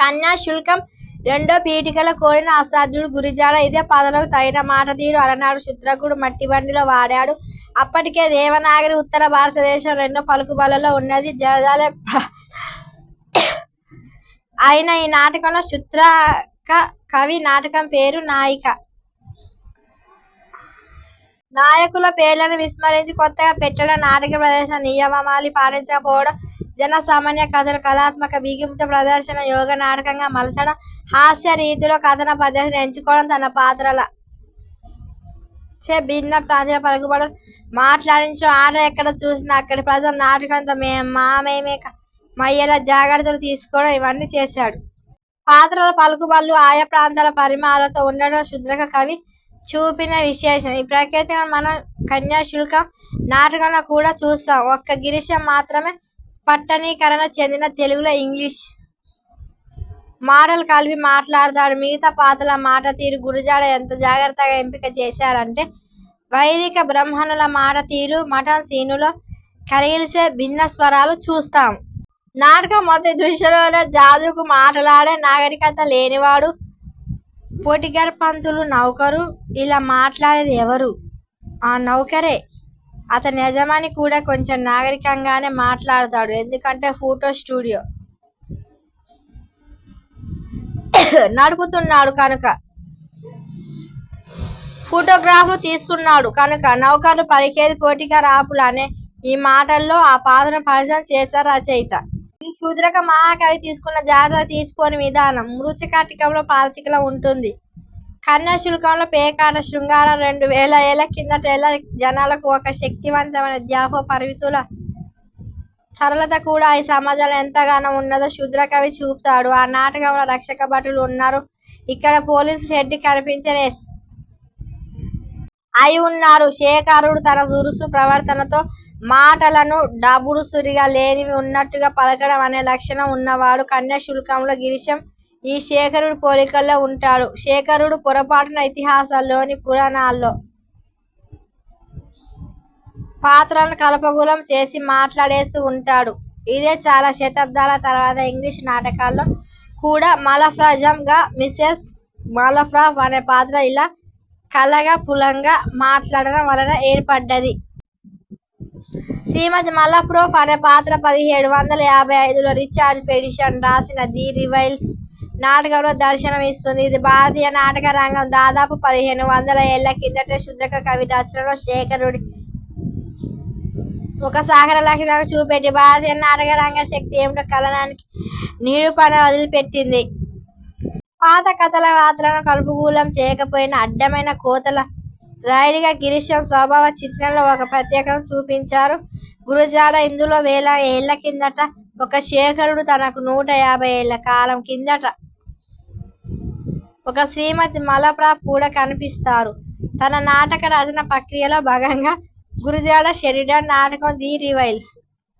కన్యాశుల్కం రెండో పీఠికలో కోరిన అసాధ్యుడు గురజాడ. ఇదే పాత్రలకు తగిన మాట తీరు అలనాడు శూద్రకుడు 'మట్టిబండి'లో వాడాడు. అప్పటికే, దేవనాగరి ఉత్తర భారత దేశంలో ఎన్నో పలుకుబళ్లలో ఉన్నది. ప్రజలే పాత్రలు అయిన ఈ నాటకంలో, శూద్రక కవి నాటకం పేరు నాయికా నాయకుల పేర్లను విస్మరించి, కొత్తగా పెట్టడం, నాటక ప్రదర్శన నియమావళి పాటించక పోవడం, జన సామాన్య కథను కళాత్మక బిగింపుతో ప్రదర్శన యోగ్య నాటకంగా మలచడం, హాస్య రీతిలో కథన పద్ధతిని ఎంచుకోవడం, తన పాత్రలచే భిన్న ప్రాంతీయ పలుకుబడు లను మాట్లాడించడం, ఆట ఎక్కడచూసినా, అక్కడి ప్రజలు నాటకంతో మమేక మయ్యేలా జాగ్రత్తలు తీసుకోవడం, ఇవన్నీ చేశాడు. పాత్రల పలుకుబళ్ళు ఆయా ప్రాంతాల పరిమళాలతో ఉండడం శూద్రక కవి చూపిన విశేషం. ఈ ప్రత్యేకతలను మనం కన్యాశుల్కం నాటకంలో కూడా చూస్తాము. ఒక్క గిరీశం మాత్రమే పట్టణీకరణ చెందిన తెలుగులో ఇంగ్లిష్ మాటలు కలిపి మాట్లాడతాడు. మిగతా పాత్రల మాటతీరు గురజాడ ఎంత జాగ్రత్తగా ఎంపిక చేశారంటే, వైదిక బ్రాహ్మణుల మాట తీరు, మఠం శీనులో కలగలిసే భిన్నస్వరాలు చూస్తాము. నాటకం మొదటి దృశ్యాలలోనే, నాజూకు మాటలాడే నాగరికత లేనివాడు పొటిగరాప్పంతులు నౌకరు. ఇలా మాట్లాడేది ఎవరు? ఆ నౌకరే! అతని యజమాని కూడా కొంచెం నాగరికంగానే మాట్లాడుతాడు, ఎందుకంటే ఫోటో స్టుడియో నడుపుతున్నాడు కనుక. ఫోటోగ్రాఫ్లూ తీస్తున్నాడు కనుక. నౌకరు పలికేది పొటిగరాపులు అనే. ఈ మాటల్లోనే ఆ పాత్రను పరిచయం చేశారు రచయిత. ఇది శూద్రక మహాకవి తీసుకున్న జాగ్రత్తలకు తీసిపోని విధానం. మృచ్ఛకటికంలో పాచికలాట ఉంటుంది, కన్యాశుల్కంలో పేకాట. శృంగారం రెండు వేల ఏళ్ల కిందట ఎలా జనులకు ఒక శక్తివంతమైన ధ్యాసో, పరిమితుల సరళత కూడా ఆ సమాజంలో ఎంతగా ఉన్నదో, శూద్రక కవి చూపుతాడు. ఆ నాటకంలో రక్షకభటులు ఉన్నారు, ఇక్కడా పోలీసు హెడ్, కనిపించని ఎస్. ఐ ఉన్నారు. శకారుడు, తన దురుసు ప్రవర్తనలో, మాటలను డాబుసరిగా లేనివి ఉన్నట్టుగా పలకడం అనే లక్షణం ఉన్నవాడు. కన్యాశుల్కంలో గిరీశం ఈ శకారుడి పోలికల్లో ఉంటాడు. శకారుడు పొరపాటున ఇతిహాసాల్లోని, పురాణాల్లోని పాత్రలను కలగాపులగం చేసి మాట్లాడేస్తూ ఉంటాడు. ఇదే, చాలా శతాబ్దాల తర్వాత ఇంగ్లిష్ నాటకల్లో కూడా 'మాలప్రాపిజమ్'గా మిసెస్ మాలప్రాప్ అనే పాత్ర ఇలా కలగాపులగంగా మాట్లాడడం వలన ఏర్పడ్డది. శ్రీమతి 'మాలాప్రోప్' అనే పాత్ర పదిహేడు వందల యాభై ఐదులో రిచర్డ్ షెరిడన్ రాసిన 'ది రైవల్స్' నాటకంలో దర్శనం ఇస్తుంది ఇది భారతీయ నాటక రంగం దాదాపు పదిహేను వందల ఏళ్ల కిందటే, శూద్రక కవి రచనలో, శకారుడి ఒక సాకార లక్షణంగా చూపెట్టి, భారతీయ నాటక రంగ శక్తి ఏమిటో కాలానికి నిరూపణ వదిలిపెట్టింది. పాత గాథల పాత్రలను కలగాపులగం చేయకపోయినా, అడ్డమైన కోతల రాయుడిగా గిరీశం స్వభావ చిత్రణలో ఒక ప్రత్యేకతను చొప్పించారు గురజాడ. ఇందులో వేల ఏళ్ల కిందటి ఒక శకారుడు, తనకు నూట యాభై ఏళ్ల కాలం కిందటి ఒక 'శ్రీమతి మాలప్రాప్' కూడా కనిపిస్తారు. తన నాటక రచనా ప్రక్రియలో భాగంగా గురజాడ షెరిడన్ నాటకం 'ది రైవల్స్'